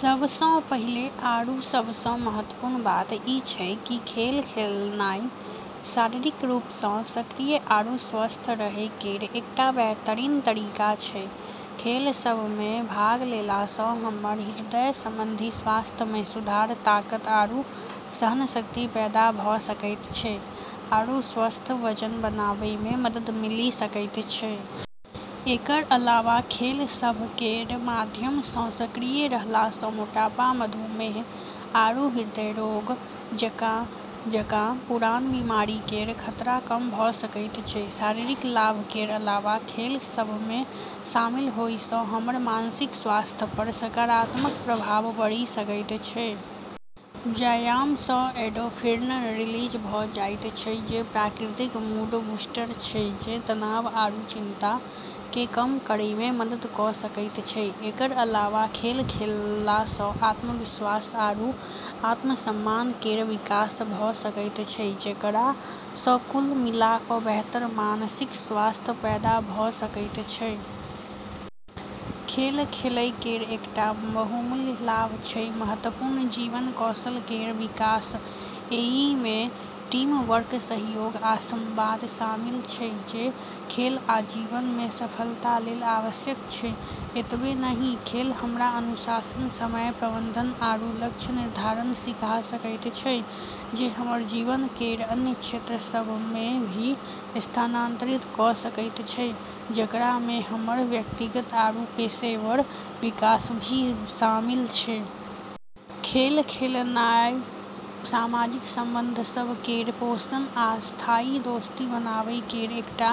सब सँ पहिले आरू सब सँ महत्वपूर्ण बात ई छै कि खेल खेलनाय शारीरिक रूप सँ सक्रिय आरू स्वस्थ रहै केर एकटा बेहतरीन तरीका छै। खेल सभ मे भाग लेला सँ हमर हृदय संबंधी स्वास्थ्य मे सुधार, ताकत आरू सहनशक्ति पैदा भऽ सकैत छै, आरू स्वस्थ वजन बनाबै मे मदद मिलि सकैत छै। एकर अलावा खेल सभ केर माध्यम सँ सक्रिय रहला सँ मोटापा, मधुमेह, आरू हृदय रोग जकाँ पुरान बीमारी केर खतरा कम भऽ सकैत छै। शारीरिक लाभ केर अलावा खेल सभ मे शामिल होए सँ हमर मानसिक स्वास्थ्य पर सकारात्मक प्रभाव पड़ि सकैत छै। व्यायाम सँ एंडोर्फिन रिलीज भऽ जाइत छै, जे प्राकृतिक मूड-बूस्टर छै जे तनाव आरू चिंता केँ कम करै मे मदद कऽ सकैत छै। एकर अलावा खेल खेलला सँ आत्मविश्वास आरू आत्मसम्मान केर विकास भऽ सकैत छै, जेकरा सँ कुल मिला कऽ बेहतर मानसिक स्वास्थ्य पैदा भऽ सकैत छै। खेल खेलै केर एकटा बहुमूल्य लाभ छै महत्वपूर्ण जीवन कौशल केर विकास। एहि मे टीम वर्क, सहयोग, आ संवाद शामिल छै जे खेल आ जीवन मे सफलता लेल आवश्यक छै। एतबे नहि, खेल हमरा अनुशासन, समय प्रबंधन, आरू लक्ष्य निर्धारण सिखा सकैत छै, जे हमर जीवन केर अन्य क्षेत्र सभ मे भी स्थानांतरित कऽ सकैत छै, जेकरा मे हमर व्यक्तिगत आरू पेशेवर विकास भी शामिल छै। खेल खेलनाय सामाजिक संबंध सभ केर पोषण आ स्थायी दोस्ती बनाबै केर एकटा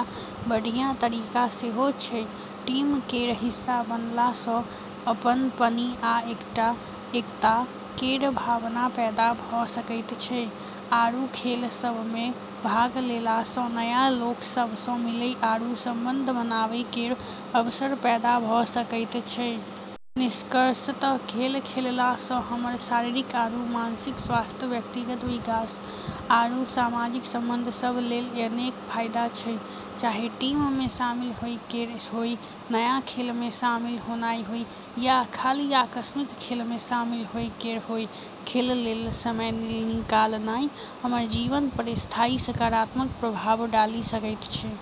बढ़िया तरीका सेहो छै। टीम केर हिस्सा बनला सँ अपनपनि आ एकता केर भाव पैदा भऽ सकैत छै, आरू खेल सभ मे भाग लेला सँ नया लोक सभ सँ मिलै आरू संबंध बनाबै केर अवसर पैदा भऽ सकैत छै। निष्कर्षतः, खेल खेलला सँ हमर शारीरिक आरू मानसिक स्वास्थ्य, व्यक्तिगत विकास, आरू सामाजिक संबंध सभ लेल अनेक फायदा छै। चाहे टीम मे शामिल होए केर होय, नया खेल मे शामिल होनाय होय, या खाली आकस्मिक खेल मे शामिल होए केर होय, खेल लेल समय निकालनाय हमर जीवन पर स्थायी सकारात्मक प्रभाव डालि सकैत छै।